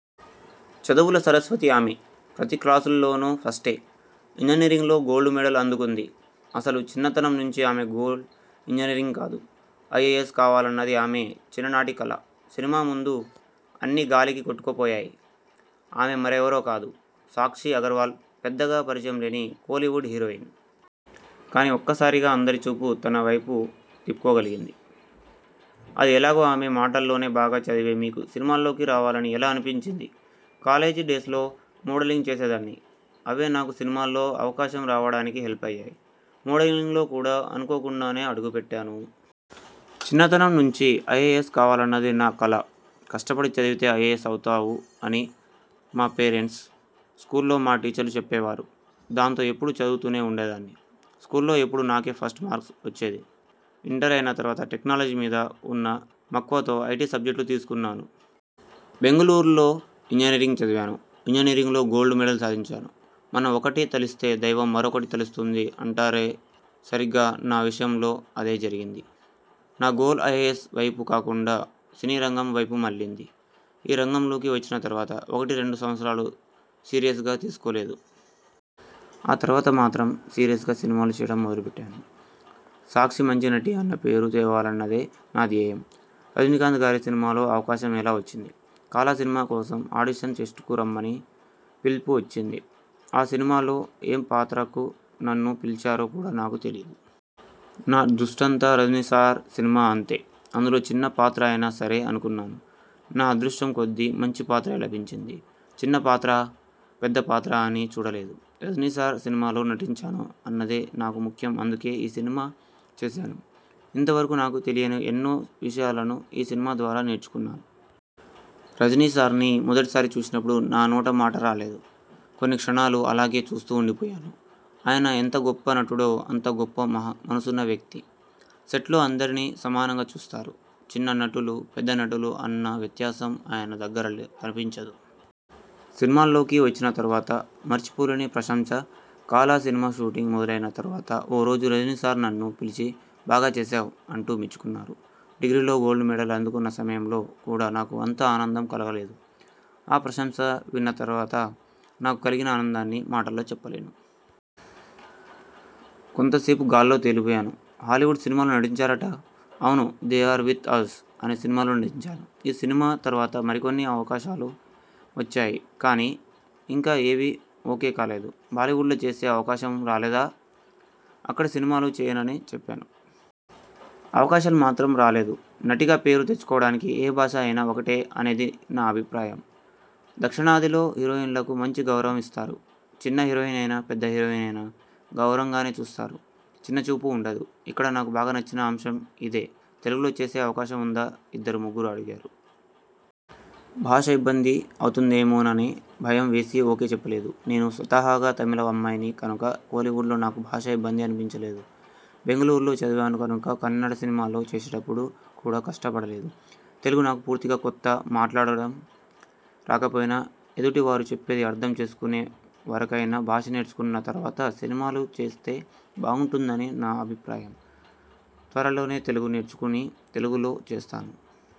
చదువుల సరస్వతి ఆమె. ప్రతి క్లాసులోనూ ఫస్టే! ఇంజనీరింగ్లో గోల్డ్ మెడల్ అందుకుంది. అసలు చిన్నతనం నుంచీ ఆమె గోల్ ఇంజనీరింగ్ కాదు. ఐఏఎస్ కావాలన్నది ఆమె చిన్ననాటి కల. సినిమా ముందు అన్నీ గాలికి కొట్టుకుపోయాయి. ఆమె మరెవరో కాదు. సాక్షి అగర్వాల్ పెద్దగా పరిచయం లేని కోలీవుడ్ హీరోయిన్. కానీ ఒక్కసారిగా అందరి చూపు తన వైపు తిప్పుకోగలిగింది. అది ఎలాగో ఆమె మాటల్లోనేబాగా చదివే మీకు సినిమాల్లోకి రావాలని ఎలా అని పించింది? కాలేజీ డేస్లో మోడలింగ్ చేసేదాన్ని. అవే నాకు సినిమాల్లో అవకాశం రావడానికి హెల్ప్ అయ్యాయి. మోడలింగ్లో కూడా అనుకోకుండానే అడుగుపెట్టాను. చిన్నతనం నుంచీ ఐఏఎస్ కావాలన్నది నా కల. కష్టపడి చదివితే ఐఏఎస్ అవుతావు అని మా పేరెంట్స్, స్కూల్లో మా టీచర్లు చెప్పేవారు. దాంతో ఎప్పుడూ చదువుతూనే ఉండేదాన్ని. స్కూల్లో ఎప్పుడూ నాకే ఫస్ట్ మార్క్ వచ్చేది. ఇంటర్ అయిన తరువాత టెక్నాలజీ మీద ఉన్న మక్కువతో ఐటి సబ్జెక్ట్ తీసుకున్నాను. బెంగుళూరులో ఇంజనీరింగ్ చదివాను. ఇంజనీరింగులో గోల్డ్ మెడల్ సాధించాను. మనం ఒకటి తలిస్తే దైవం మరొకటి తలుస్తుంది అంటారేసరిగ్గా నా విషయంలో అదే జరిగింది. నా గోల్ ఐఏఎస్ వైపు కాకుండా సినీరంగం వైపు మళ్ళింది. ఈ రంగంలోకి వచ్చిన తరువాత ఒకటి రెండు సవత్సరాలు సీరియస్గా తీసుకోలేదు. ఆ తరువాత మాత్రం సీరియస్గా సినిమాలు చేయడం మొదలు పెట్టాను. సాక్షి మంచి నటి అన్న పేరు తెచ్చుకోవాలన్నదే నా ధ్యేయం. రజనీకాంత్ గారి సినిమాలో అవకాశం ఎలా వచ్చింది? 'కాలా' సినిమా కోసం అడిషన్ టెస్ట్కు రమ్మని పిలుపు వచ్చింది. ఆ సినిమాలో ఏ పాత్రకు నన్ను పిలిచారో కూడా నాకు తెలియదు. నా దృష్టంతా రజనీసార్ సినిమా అంతే! అందులో చిన్న పాత్ర అయినా సరే అనుకున్నాను. నా అదృష్టం కొద్దీ మంచి పాత్రే లభించింది. చిన్నపాత్రా, పెద్ద పాత్రా అని చూడలేదు. రజనీసార్ సినిమాలో నటించాను అన్నదే నాకు ముఖ్యం అందుకే ఈ సినిమా చేశాను. ఇంత వరకూ నాకు తెలియని ఎన్నో విషయాలను ఈ సినిమా ద్వారా నేర్చుకున్నాను. రజనీసార్ని మొదటి సారి చూసినప్పుడు నా నోట మాట రాలేదు. కొన్ని క్షణాలు అలాగే చూస్తూ ఉండిపోయాను. ఆయన ఎంత గొప్ప నటుడో అంత గొప్ప మనసున్న వ్యక్తి. సెట్లో అందరినీ సమానంగా చూస్తారు. చిన్న నటులు, పెద్ద నటులు అన్న వ్యత్యాసం ఆయన దగ్గర కనిపించదు. సినిమాల్లోకి వచ్చిన తరువాత మరిచి పోలేని ప్రసంశ 'కాలా' సినిమా షూటింగ్ మొదలయిన తరువాత ఓ రోజు రజనీసార్ నన్ను పిలిచి 'బాగా చేశావ్' అంటూ మెచ్చుకున్నారు. డిగ్రీలో గోల్డ్ మెడల్ అందుకున్న సమయంలో కూడా నాకు అంత ఆనందం కలగలేదు. ఆ ప్రశంస విన్న తరువాత నాకు కలిగిన ఆనందాన్ని మాటల్లో చెప్పలేను. కొంతసేపు గాల్లో తేలిపోయాను. హాలీవుడ్ సినిమాలో నటించారట? అవును 'దే ఆర్ విత్ అజ్' అనే సినిమాలో నటించాను. ఈ సినిమా తరువాత మరికొన్ని అవకాశాలు వచ్చాయి కానీ, ఇంకా ఏవీ ఓకే కాలేదు. బాలీవుడ్లో చేసే అవకాశం రాలేదా? అక్కడ సినిమాలు చేయనని చెప్పను. అవకాశాలు మాత్రం రాలేదు. నటిగా పేరు తెచ్చుకోవడానికి ఏ భాష అయినా ఒకటే అనేది నా అభిప్రాయం. దక్షిణాదిలో హీరోయిన్లకు మంచి గౌరవం ఇస్తారు. చిన్న హీరోయిన్ అయినా, పెద్ద హీరోయిన్ అయినా గౌరవంగానే చూస్తారు. చిన్న చూపు ఉండదు. ఇక్కడ నాకు బాగా నచ్చిన అంశం ఇదే తెలుగులో చేసే అవకాశం ఉందా ఇద్దరు ముగ్గురు అడిగారు. భాష ఇబ్బంది అవుతుందేమోనని భయం వేసి ఓకే చెప్పలేదు. నేను స్వతాహాగా తమిళ అమ్మాయిని కనుక కోలీవుడ్లో నాకు భాష ఇబ్బంది అనిపించలేదు. బెంగళూరులో చదివాను కనుక కన్నడ సినిమాలు చేసేటప్పుడు కూడా కష్టపడలేదు. తెలుగు నాకు పూర్తిగా కొత్త. మాట్లాడడం రాకపోయినా, ఎదుటి వారు చెప్పేది అర్థం చేసుకునే వరకైనా భాష నేర్చుకున్న తరువాత సినిమాలు చేస్తే బాగుంటుందని నా అభిప్రాయం. త్వరలోనే తెలుగు నేర్చుకుని, తెలుగులో చేస్తాను.